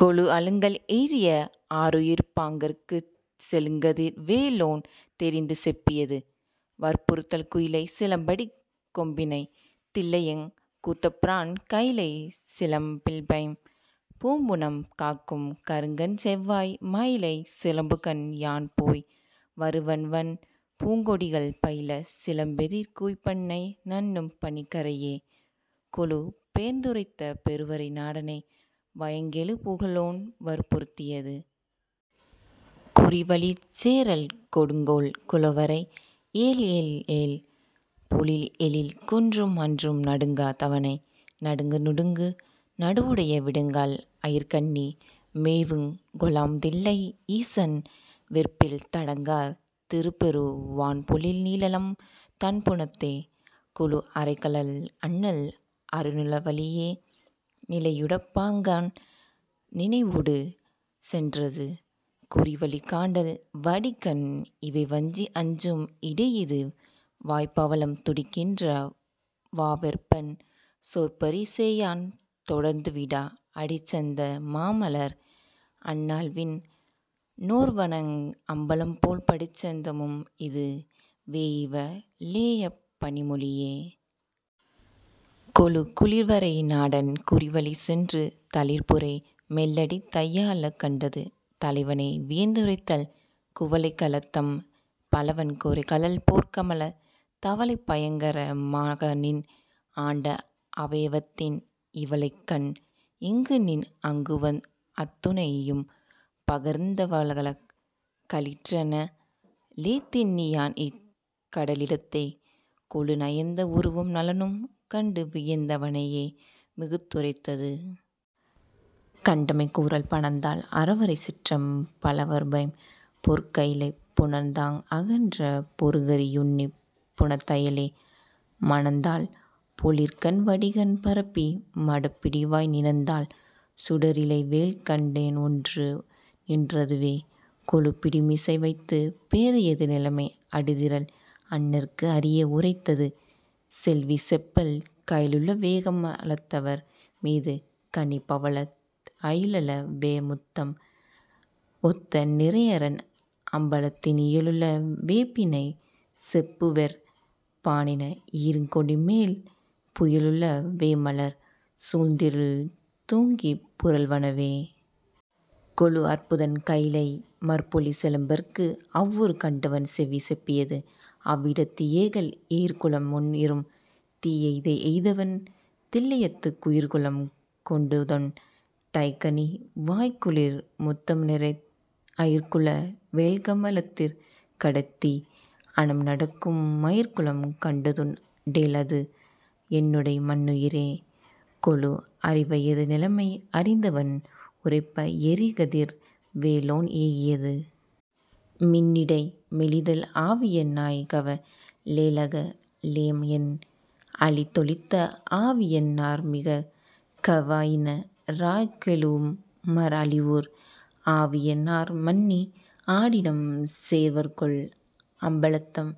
கொளு அழுங்கல் எய்திய ஆருயிர்ப் பாங்கற்குச் செழுங்கதிர் வேலோன் தெரிந்து செப்பியது.. வற்புறுத்தல் குயிலைச் சிலம்படிக் கொம்பினைத் தில்லையெங் கூத்தப்பிரான் கயிலைச் சிலம்பில்பைம் பூம்புனம் காக்கும் கருங்கண்செவ்வாய் மயிலைச் சிலம்புகண் யான்போய் வருவன்வண் பூங்கொடிகள் பயிலச் சிலம்பெதிர் கூய்ப்பண்ணை நண்ணும் பனிக்கறையே... கொளு பெயர்ந்துரைத்த பெருவரை நாடனை வயங்கெழு புகழோன் வற்புறுத்தியது.. குறிவழிச் சேறல் கொடுங்கால் குலவரை ஏழ்ஏழ் பொழில்எழில் குன்றும்அன்றும் நடுங்கா தவனை நடுங்க நுடங்கு நடுவுடைய விடங்கால் அயிற்கண்ணி மேவுங்கொ லாம்தில்லை ஈசன் வெற்பில் தடங்கார் தருபெரு வான்பொழில் நீழலம் தண்புனத்தே.. கொளு அறைகழல் அண்ணல் அருளின வழியே நிறையுடைப் பாங்கன் நினைவொடு சென்றது.. குறிவழிக்காண்டல் வடிக்கண் இவைவஞ்சி அஞ்சும் இடைஇது வாய்பவளம் துடிக்கின்ற வாவெற்பன் சொற்பரி சேயான் தொடர்ந்துவிடா அடிச்சந்த மாமலர் அண்ணல்விண் ணோர்வணங் அம்பலம்போல் படிச்சந் தமும்இது வேஇவ ளேஅப் பணிமொழியே... கொளு குளிர்வரை நாடன் குறிவழிச் சென்று தளிர்புரை மெல்லடித் தையாலக் கண்டது.. தலைவனை வியந்துரைத்தல் குவளைக்களத்அம் பலவன் குரைகழல் போற்கமலத் தவளைப் பயங்கர மாகநின் ஆண்ட அவயவத்தின் இவளைக்கண் இங்குநின் அங்குவந் அத்துனை யும்பகர்ந்த கவளக் களிற்றண்ண லேதிண்ணி யான்இக் கடலிடத்தே... கொளு நயந்த உருவம் நலனும் கண்டு வியந்த வனையே மிகுத்துரைத்தது. கண்டமை கூறல் பணந்தாழ் அரவரைச் சிற்றம் பலவர்பைம் பொற்கயிலைப் புணர்ந்தாங் அகன்ற பொருகரி யுன்னிப் புனத்தயலே மணந்தாழ் பொழிற்கண் வடிக்கண் பரப்பி மடப்பிடிவாய் நிணந்தாழ் சுடரிலை வேல்கண் டேன்ஒன்று நின்றதுவே... கொளு பிடிமிசை வைத்துப் பேதையது நிலைமை அடுதிறல் அண்ணற்கு அறிய உரைத்தது.. செவ்வி செப்பல் கயலுள வேகம லத்தவர் மீது கனிபவளத் அயலுள வேமுத்தம் ஒத்த நிரைஅரன் அம்பலத்தின் இயலுள வேபிணைச் செப்புவெற் பாநின ஈர்ங்கொடிமேல் புயலுள வேமலர் சூழ்ந்திருள் தூங்கிப் புரள்வனவே... கொளு அற்புதன் கைலை மற்பொலி சிலம்பற்கு அவ்வுரு கண்டவன் செவ்வி செப்பியது.. அவ்விடத்து ஏகல் எயிற்குலம் முன்இரும் தீஎய்த எய்தவன் தில்லையத்துக் குயிற்குலம் கொண்டுதொண் டைக்கனி வாய்க்குளிர் முத்தம்நிரைத் அயிற்குல வேல்கம லத்திற் கிடத்தி அனம்நடக்கும் மயிற்குலம் கண்டதுண் டேல்அது என்னுடை மன்னுயிரே... கொளு அரிவையது நிலைமை அறிந்தவன் உரைப்ப எரிகதிர் வேலோன் ஏகியது. மின்னிடை மெலிதல் ஆவியன் னாய்கவ லேல்அக லேம்என் அளித்தொளித்த ஆவியன் னார்மிக் கவாயின ராய்க்கெழு மற்அழிவுற் ஆவியன் னார்மன்னி ஆடிடம் சேர்வர்கொல் அம்பலத்தெம்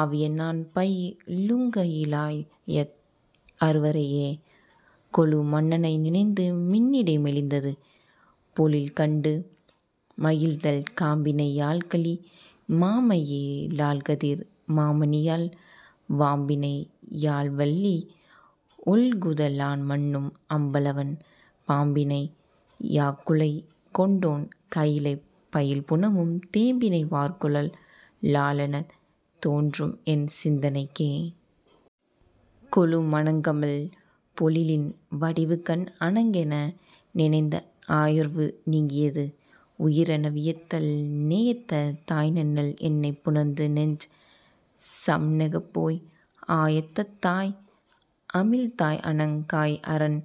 ஆவியன் னான்பயி லுங்கயி லாயத் அருவரையே... கொளு மன்னனை நினைந்து மின்னிடை மெலிந்தது.. பொழில்கண்டு மகிழ்தல் காம்பிணை யால்களி மாமயி லால்கதிர் மாமணியால் வாம்பிணை யால்வல்லி ஒல்குத லான்மன்னும் அம்பலவன் பாம்பிணை யாக்குழை கொண்டோன் கயிலைப் பயில்புனமும் தேம்பிணை வார்குழ லாளெனத் தோன்றும்என் சிந்தனைக்கே... கொளு மணங்கமழ் பொழிலின் வடிவுகண் அணங்கென நினைந் அயர்வு நீங்கியது.. உயிரென வியத்தல் நேயத்த தாய்நென்னல் என்னைப் புணர்ந்துநெஞ் சம்நெகப்போய் ஆயத்த தாய் அமிழ் தாய்அணங் காய்அரன்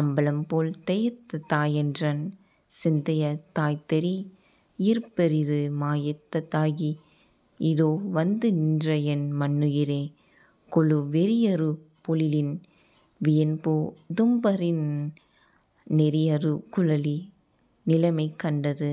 அம்பலம்போல் தேயத்த தாய்என்றன் சிந்தைய தாய்த்தெரி யிற்பெரிது மாயத்த தாகி இதோவந்து நின்றஎன் மன்னுயிரே... கொளு வெறியறு பொழிலின் வியன்பொ தும்பரின் நெறியறு குழலி நிலைமை கண்டது..